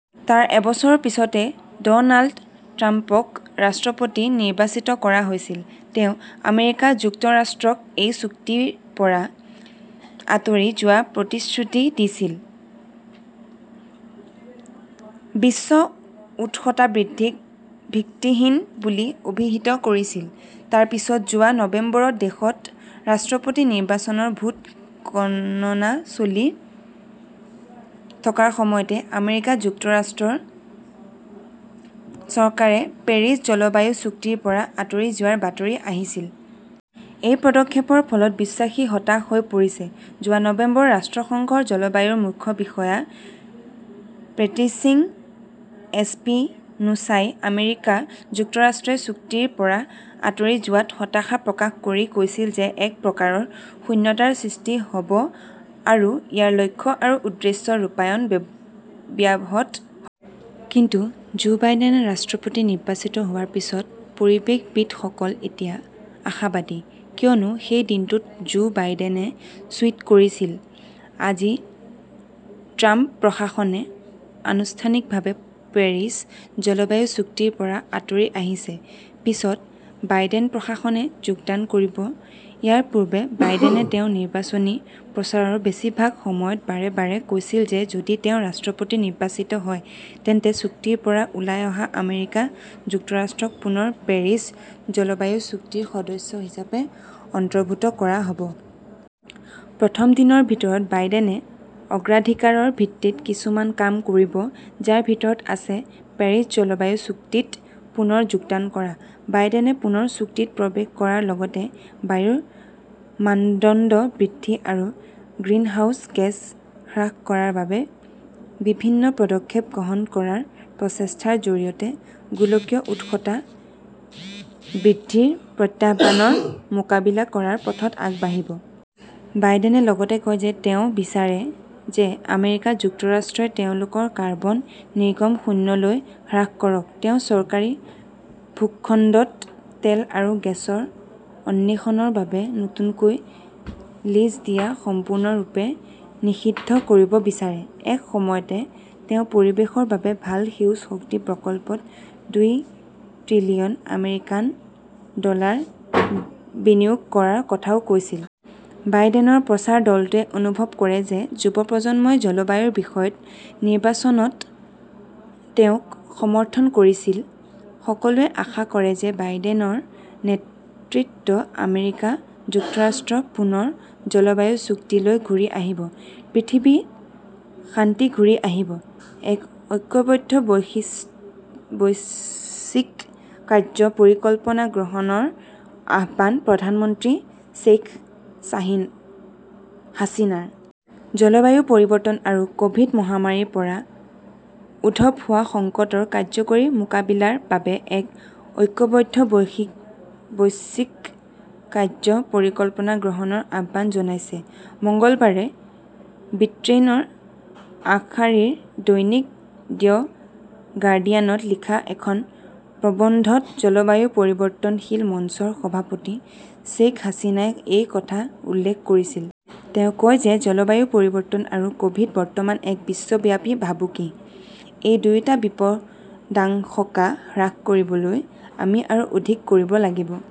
তাৰ এবছৰৰ পিছত ড 'নাল্ড ট্ৰাম্পক ৰাষ্ট্ৰপতি নিৰ্বাচিত কৰা হৈছিল। তেওঁ আমেৰিকা যুক্তৰাষ্ট্ৰক এই চুক্তিৰ পৰা আঁতৰি যোৱাৰ প্ৰতিশ্ৰুতি দিছিল, বিশ্ব উষ্ণতা বৃদ্ধিক 'ভিত্তিহীন' বুলি অভিহিত কৰিছিল। তাৰ পিছত যোৱা নৱেম্বৰত দেশত ৰাষ্ট্ৰপতি নিৰ্বাচনৰ ভোট গণনা চলি থকাৰ সময়তে আমেৰিকা যুক্তৰাষ্ট্ৰৰ চৰকাৰে পেৰিছ জলবায়ু চুক্তিৰ পৰা আঁতৰি যোৱাৰ বাতৰি আহিছিল। এই পদক্ষেপৰ ফলত বিশ্ববাসী হতাশ হৈ পৰিছে। যোৱা নৱেম্বৰত ৰাষ্ট্ৰসংঘৰ জলবায়ুৰ মুখ্য বিষয়া পেট্ৰিচিয়া এছপিনোছাই আমেৰিকা যুক্তৰাষ্ট্ৰই চুক্তিৰ পৰা আঁতৰি যোৱাত হতাশা প্ৰকাশ কৰি কৈছিল যে এক প্ৰকাৰৰ শূন্যতাৰ সৃষ্টি হ 'ব আৰু ইয়াৰ লক্ষ্য আৰু উদ্দেশ্যৰ ৰূপায়ণ ব্যাহত হ'ব। কিন্তু জো বাইডেনে ৰাষ্ট্ৰপতি নিৰ্বাচিত হোৱাৰ পিছত পৰিৱেশবিদসকল এতিয়া আশাবাদী। কিয়নো সেই দিনটোতে জো বাইডেনে টুইট কৰিছিল, "আজি ট্ৰাম্প প্ৰশাসনে আনুষ্ঠানিকভাৱে পেৰিছ জলবায়ু চুক্তিৰ পৰা আঁতৰি আহিছে। পিছত বাইডেন প্ৰশাসনে যোগদান কৰিব। " ইয়াৰ পূৰ্বে বাইডেনে তেওঁৰ নিৰ্বাচনী প্ৰচাৰৰ বেছিভাগ সময়ত বাৰে বাৰে কৈছিল যে যদি তেওঁ ৰাষ্ট্ৰপতি নিৰ্বাচিত হয় তেন্তে চুক্তিৰ পৰা ওলাই অহা আমেৰিকা যুক্তৰাষ্ট্ৰক পুনৰ পেৰিছ জলবায়ু চুক্তিৰ সদস্য হিচাপে অন্তৰ্ভুক্ত কৰা হ 'ব। প্ৰথম দিনৰ ভিতৰত বাইডেনে অগ্ৰাধিকাৰৰ ভিত্তিত কিছুমান কাম কৰিব, যাৰ ভিতৰত আছে পেৰিছ জলবায়ু চুক্তিত পুনৰ যোগদান কৰা। বাইডেনে পুনৰ চুক্তিত প্ৰৱেশ কৰাৰ লগতে বায়ুৰ মানদণ্ড বৃদ্ধি আৰু গ্ৰিনহাউজ গেছ হ্ৰাস কৰাৰ বাবে বিভিন্ন পদক্ষেপ গ্ৰহণ কৰাৰ প্ৰচেষ্টাৰ জৰিয়তে গোলকীয় উষ্ণতা বৃদ্ধিৰ প্ৰত্যাহ্বানৰ মোকাবিলা কৰাৰ পথত আগবাঢ়িব। বাইডেনে লগতে কয় যে তেওঁ বিচাৰে যে আমেৰিকা যুক্তৰাষ্ট্ৰই তেওঁলোকৰ কাৰ্বন নিৰ্গমন শূন্যলৈ হ্ৰাস কৰক। তেওঁ চৰকাৰী ভূখণ্ডত তেল আৰু গেছৰ অন্বেষণৰ বাবে নতুনকৈ লিজ দিয়া সম্পূৰ্ণৰূপে নিষিদ্ধ কৰিব বিচাৰে। একে সময়তে, তেওঁ পৰিৱেশৰ বাবে ভাল 'সেউজ শক্তি ' প্ৰকল্পত দুই ত্ৰিলিয়ন আমেৰিকান ডলাৰ বিনিয়োগ কৰাৰ কথাও কৈছিল। বাইডেনৰ প্ৰচাৰ দলটোৱে অনুভৱ কৰে যে যুৱ প্ৰজন্মই জলবায়ুৰ বিষয়ত নিৰ্বাচনত তেওঁক সমৰ্থন কৰিছিল। সকলোৱে আশা কৰে যে বাইডেনৰ নেতৃত্বত আমেৰিকা যুক্তৰাষ্ট্ৰ পুনৰ জলবায়ু চুক্তিলৈ ঘূৰি আহিব। পৃথিৱীত শান্তি ঘূৰি আহিব। এক ঐক্যবদ্ধ বৈশ্বিক কাৰ্য্য পৰিকল্পনা গ্ৰহণৰ আহ্বান প্ৰধানমন্ত্ৰী শ্বেইখ হাছিনাৰ। জলবায়ু পৰিৱৰ্তন আৰু ক'ভিড- মহামাৰীৰ পৰা উদ্ভৱ হোৱা সংকটৰ কাৰ্যকৰী মোকাবিলাৰ বাবে এক ঐক্যবদ্ধ বৈশ্বিক কাৰ্য্য পৰিকল্পনা গ্ৰহণৰ আহ্বান জনাইছে। মঙলবাৰে ব্ৰিটেইনৰ আগশাৰীৰ দৈনিক দ্য গাৰ্ডিয়ানত লিখা এখন প্ৰবন্ধত জলবায়ু পৰিৱৰ্তনশীল মঞ্চৰ সভাপতি শ্বেইখ হাছিনাই এই কথা উল্লেখ কৰিছিল। তেওঁ কয় যে জলবায়ু পৰিৱৰ্তন আৰু ক'ভিড- বৰ্তমান এক বিশ্বব্যাপী ভাবুকি। এই দুয়োটা বিপদাশংকা হ্ৰাস কৰিবলৈ আমি আৰু অধিক কৰিব লাগিব।